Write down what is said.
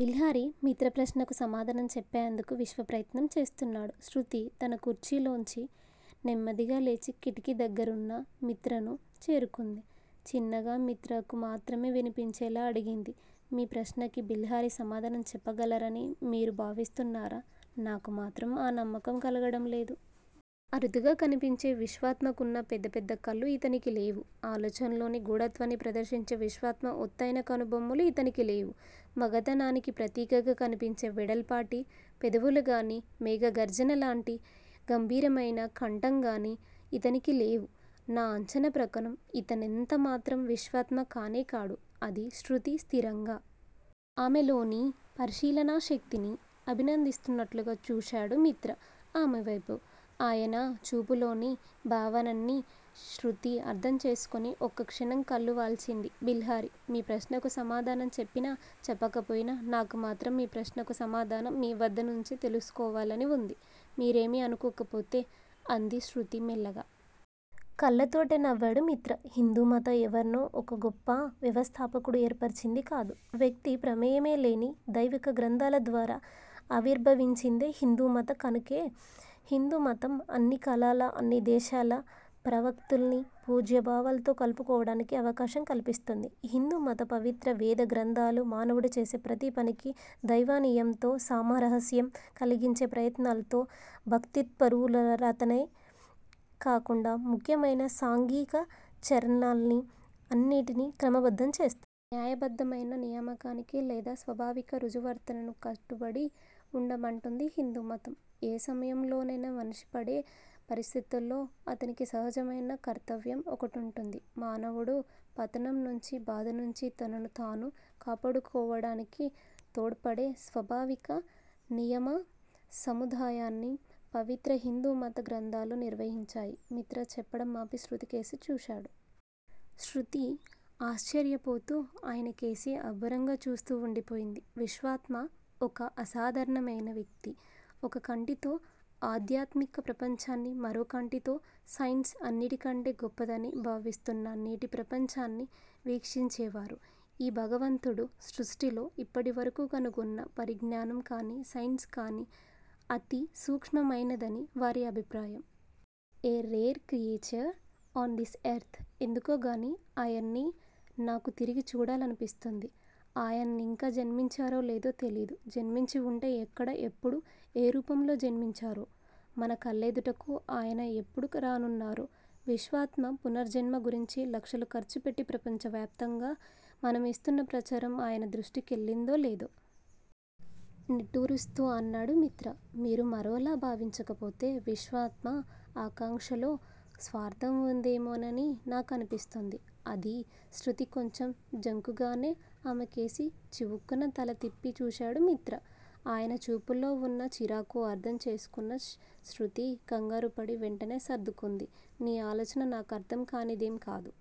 బిల్హరి మిత్ర ప్రశ్నకు సమాధానం చెప్పేందుకు విశ్వప్రయత్నం చేస్తున్నాడు. శృతి తన కుర్చీలోంచి నెమ్మదిగా లేచి కిటికి దగ్గరున్న మిత్రను చేరుకుంది. చిన్నగా మిత్రకు మాత్రమే వినిపించేలా అడిగింది. మీ ప్రశ్నకి బిల్హరి సమాధానం చెప్పగలరని మీరు భావిస్తున్నారా? నాకు మాత్రం ఆ నమ్మకం కలగడం లేదు. అరుదుగా కనిపించే విశ్వాత్మకున్న పెద్ద పెద్ద కళ్ళు ఇతనికి లేవు. ఆలోచనల్లోనీ నిగూఢత్వాన్ని ప్రదర్శించే విశ్వాత్మ ఒత్తయిన కనుబొమలు ఇతనికి లేవు. మగతనానికి ప్రతీకగా కనిపించే వెడల్పాటి పెదవులుగానీ, మేఘగర్జనలాంటి గంభీరమైన కంఠంగానీ ఇతనికి లేవు. నా అంచనా ప్రకారం ఇతనెంత మాత్రం విశ్వాత్మ కానేకాడు అంది శృతి స్థిరంగా. ఆమెలోని పరిశీలనాశక్తిని అభినందిస్తున్నట్లుగా చూశాడు మిత్ర ఆమెవైపు. ఆయన చూపులోని భావనన్ని శృతి అర్థం చేసుకొని ఒక్కక్షణం కళ్ళు వాల్చింది. బిల్హరి మీ ప్రశ్నకు సమాధానం చెప్పినా, చెప్పకపోయినా నాకు మాత్రం మీ ప్రశ్నకు సమాధానం మీ వద్దనుంచే తెలుసుకోవాలని వుంది. మీరేమీ అనుకోకపోతే అంది శృతి మెల్లగా. కళ్లతోటే నవ్వాడు మిత్ర. హిందూమతం ఎవర్నో ఒక గొప్ప వ్యవస్థాపకుడు ఏర్పరచింది కాదు. వ్యక్తి ప్రమేయంలేని వైదిక గ్రంథాల ద్వారా ఆవిర్భవించిందే హిందూ మతం కనుకే హిందూమతం అన్ని కాలాల, అన్ని దేశాల ప్రవక్తుల్ని పూజ్యభావంతో కలుపుకోవడానికి అవకాశం కల్పిస్తోంది. హిందూమత పవిత్ర వేదగ్రంథాలు, మానవుడు చేసే ప్రతి పనికీ దైవనియమ్తో, సమరస్యం కలిగించే ప్రయత్నంతో భక్తిత్పరులతనే కాకుండా ముఖ్యమైన సాంఘికాచరాల్ని అన్నింటినీ క్రమబద్ధం చేస్తాయి. న్యాయబద్ధమైన నియమానికి లేదా స్వాభావిక రుజువర్తనకు కట్టుబడి వుండమంటుంది హిందూమతం. ఏ సమయంలోనైనా మనిషి వుండే పరిస్థితుల్లో అతనికి సహజమైన కర్తవ్యం ఒకటుంటుంది, మానవుడు పతనం నుంచి, బాధ నుంచి తనను తాను కాపాడుకోవడానికి తోడ్పడే స్వాభావిక నియమ సముదాయమని పవిత్ర హిందూమత గ్రంథాలు నిర్వహించాయి మిత్ర చెప్పడం ఆపి శృతి కేసి చూశాడు. శృతి ఆశ్చర్యపోతూ ఆయనకేసి అబ్బురంగా చూస్తూ వుండిపోయింది. విశ్వాత్మ ఒక అసాధారణమైన వ్యక్తి. ఒక కంటితో ఆధ్యాత్మిక ప్రపంచాన్ని, మరో కంటితో సైన్స్ అన్నిటికంటే గొప్పదని భావిస్తున్న నేటి ప్రపంచాన్ని వీక్షించేవారు. ఈ భగవంతుడు సృష్టిలో ఇప్పటివరకు కనుగొన్న పరిజ్ఞానం కానీ, సైన్స్ కానీ అతి సూక్ష్మమైనదని వారి అభిప్రాయం. A rare creature on this earth- ఎందుకోగానీ ఆయన్ని నాకు తిరిగి చూడాలనిపిస్తుంది. ఆయనింకా జన్మించారో లేదో తెలియదు. జన్మించి వుంటే ఎక్కడ ఎప్పుడు ఏ రూపంలో జన్మించారో? మన కళ్ళెదుటకు ఆయన ఎప్పుడు రానున్నారో? విశ్వాత్మ పునర్జన్మ గురించి లక్షలు ఖర్చుపెట్టి ప్రపంచవ్యాప్తంగా మనమిస్తున్న ప్రచారం ఆయన దృష్టి కెళ్ళిందో లేదో? నిట్టూరుస్తూ అన్నాడు మిత్ర. మీరు మరోలా భావించకపోతే- విశ్వాత్మ ఆకాంక్షలో స్వార్థం వుందేమోనని నాకనిపిస్తుంది అది శృతి కొంచెం జంకుగానే. ఆమెకేసి చివుక్కున తల తిప్పి చూశాడు మిత్ర. ఆయన చూపుల్లో వున్న చిరాకును అర్థం చేసుకున్న శృతి కంగారుపడి వెంటనే సర్దుకుంది. నీ ఆలోచన నాకర్థంకానిదేం కాదు.